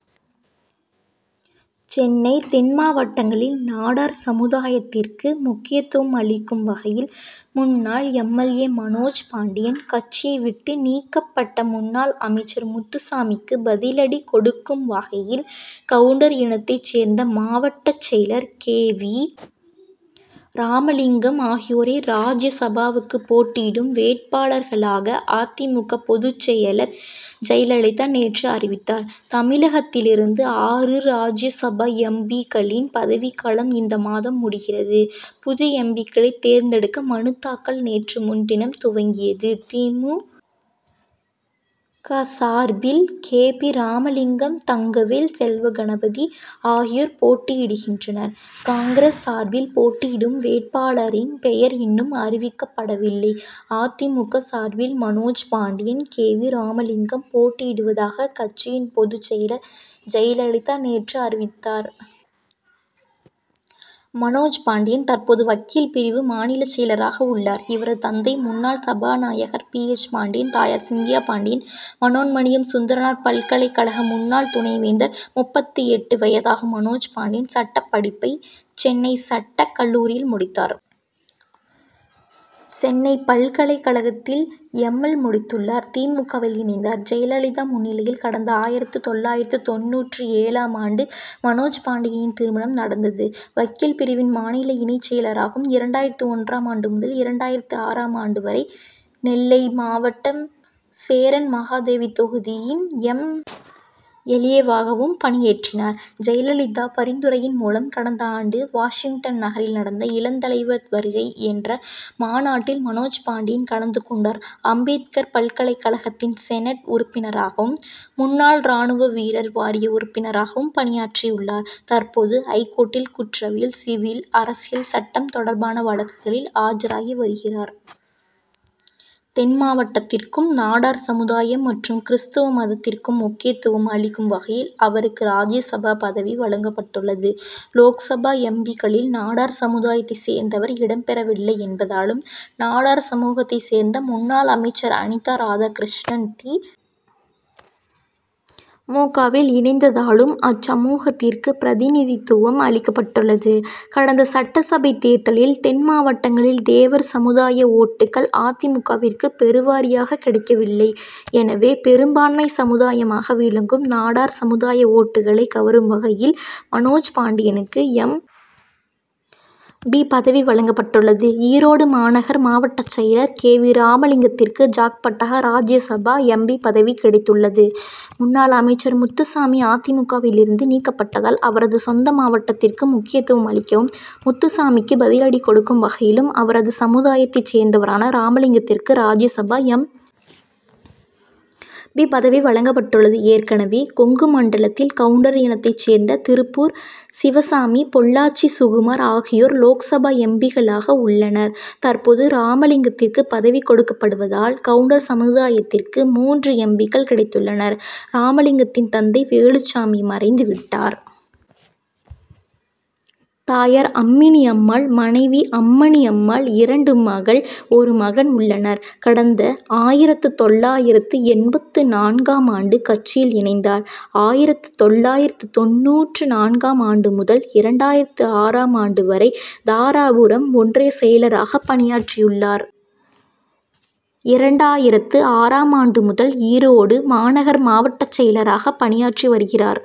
சென்னை தென் மாவட்டங்களில் நாடார் சமுதாயத்திற்கு முக்கியத்துவம் அளிக்கும் வகையில், முன்னாள் M. L. A., Manoj Pandian, கட்சியை விட்டு நீக்கப் பட்ட முன்னாள் அமைச்சர் முத்துசாமிக்கு பதிலடி கொடுக் கும் வகையில், கவுண்டர் இனத் தைச் சேர்ந்த மாவட்டச் செயலர் கே. வி. ராமலிங்கம் ஆகியோரை ராஜ்யசபாவுக்கு போட்டியிடும் வேட்பாளர்களாக அ. தி. மு. க., பொதுச்செயலர் ஜெயலலிதா நேற்று அறிவித்தார். தமிழகத்திலிருந்து ஆறு ராஜ்யசபா எம். பி.,க்களின் பதவிக்காலம் இந்த மாதம் முடிகிறது. புது எம். பி.,க்களை தேர்ந்தெடுக்க மனு தாக்கல் நேற்று முன்தினம் துவங்கியது. தி. மு. க., சார்பில் கே. பி. ராமலிங்கம், தங்கவேல், செல்வகணபதி ஆகியோர் போட்டியிடுகின்றனர். காங்கிரஸ் சார்பில் போட்டியிடும் வேட்பாளரின் பெயர் இன் னும் அறிவிக்கப்படவில்லை. அ. தி. மு. க., சார் பில் மனோஜ்பாண்டியன், கே. வி. ராமலிங்கம் போட்டியிடுவதாக கட்சியின் பொதுச்செயலர் ஜெயலலிதா நேற்று அறிவித்தார். மனோஜ் பாண்டியன் தற்போது வக்கீல் பிரிவு மாநில செயலராக உள்ளார். இவரது தந்தை முன்னாள் சபாநாயகர் பி. எச். பாண்டியன். தாயார் சிந்தியா பாண்டியன், மனோன்மணியம் சுந்தரனார் பல்கலைக் கழக முன்னாள் துணைவேந்தர். முப்பத்து எட்டு வயதாகும் மனோஜ் பாண்டியன், சட்டப் படிப்பை சென்னை சட்டக் கல்லூரியில் முடித்தார். சென்னை பல்கலைக் கழகத்தில் எம். எல்., முடித்துள் ளார். தி. மு. க., வில் இணைந்தார். ஜெயலலிதா முன்னிலையில் கடந்த ஆயிரத்து தொள்ளாயிரத்து தொண்ணூற்று ஏழாம் ஆண்டு மனோஜ் பாண்டியனின் திருமணம் நடந்தது. வக்கீல் பிரிவின் மாநில இணைச் செயலராகவும், இரண்டாயிரத்து ஒன்றாம் ஆண்டு முதல் இரண்டாயிரத்து ஆறாம் ஆண்டு வரை நெல்லை மாவட்டம் சேரன்மகாதேவி தொகுதியின் எம். எல். ஏ.,வாகவும் பணியாற்றினார். ஜெயலலிதா பரிந்துரையின் மூலம் கடந்த ஆண்டு வாஷிங்டன் நகரில் நடந்த, "இளந்தலைவர் வருகை' என்ற மாநாட்டில் மனோஜ் பாண்டியன் கலந்து கொண்டார். அம்பேத்கர் பல்கலைக் கழகத்தின் செனட் உறுப்பினராகவும், முன்னாள் ராணுவ வீரர் வாரிய உறுப்பினராகவும் பணியாற்றியுள்ளார். தற்போது, ஐகோர்ட் டில் குற்றவியல், சிவில், அரசியல் சட்டம் தொடர் பான வழக்குகளில் ஆஜராகி வருகிறார். தென் மாவட்டத்திற்கும், நாடார் சமுதாயம் மற் றும் கிறிஸ்தவ மதத் திற்கு முக்கியத்துவம் அளிக்கும் வகையில் அவருக்கு ராஜ்யசபா பதவி வழங்கப்பட்டுள்ளது. லோக்சபா எம். பி.,க்களில் நாடார் சமுதாயத்தை சேர்ந்தவர் இடம் பெறவில்லை என்பதாலும், நாடார் சமூகத்தை சேர்ந்த முன்னாள் அமைச்சர் அனிதா ராதாகிருஷ்ணன், தி. மு. க.,வில் இணைந்ததாலும் அச்சமூகத்திற்கு பிரதிநிதித்துவம் அளிக்கப்பட்டுள்ளது. கடந்த சட்டசபை தேர்தலில் தென் மாவட்டங்களில் தேவர் சமுதாய ஓட் டுக்கள் அ. தி. மு. க.,விற்கு பெருவாரியாக கிடைக்கவில்லை. எனவே, பெரும் பான்மை சமுதாயமாக விளங்கும் நாடார் சமுதாய ஓட் டுக்களை கவரும் வகையில் மனோஜ் பாண்டியனுக்கு எம். பி., பதவி வழங் கப்பட்டுள்ளது. ஈரோடு மாநகர் மாவட்டச் செயலர் கே. வி. ராமலிங்கத் திற்கு ஜாக்பாட்டாக ராஜ்யசபா எம். பி., பதவி கிடைத் துள்ளது. முன்னாள் அமைச்சர் முத்துசாமி அ. தி. மு. க.,விலிருந்து நீக்கப்பட்டதால் அவரது சொந்த மாவட்டத்திற்கு முக்கியத்துவம் அளிக்கவும், முத்துசாமிக்கு பதிலடி கொடுக்கும் வகையிலும் அவரது சமுதாயத்தைச் சேர்ந்தவரான ராமலிங்கத்திற்கு ராஜ்யசபா எம். பி., பதவி வழங்கப்பட்டுள்ளது. ஏற்கனவே, கொங்கு மண்டலத்தில் கவுண்டர் இனத்தைச் சேர்ந்த திருப்பூர் சிவசாமி, பொள்ளாச்சி சுகுமார் ஆகியோர் லோக்சபா எம். பி.,க் களாக உள்ளனர். தற்போது ராமலிங்கத்திற்கு பதவி கொடுக் கப்படுவதால் கவுண்டர் சமுதாயத்திற்கு மூன்று எம். பி.,க்கள் கிடைத்துள்ளனர். ராமலிங்கத்தின் தந்தை வேலுச் சாமி மறைந்து விட்டார். தாயார் அம்மினி அம்மாள். மனைவி அம்மனி அம்மாள். இரண்டு மகள், ஒரு மகன் உள்ளனர். கடந்த ஆயிரத்து தொள்ளாயிரத்து எண்பத்து நான்காம் ஆண்டு கட்சியில் இணைந்தார். ஆயிரத்து தொள்ளாயிரத்து தொண்ணூற்று நான்காம் ஆண்டு முதல் இரண்டாயிரத்து ஆறாம் ஆண்டு வரை தாராபுரம் ஒன்றிய செயலராக பணியாற்றியுள்ளார். இரண்டாயிரத்து ஆறாம் ஆண்டு முதல் ஈரோடு மாநகர் மாவட்டச் செயலராக பணியாற்றி வருகிறார்.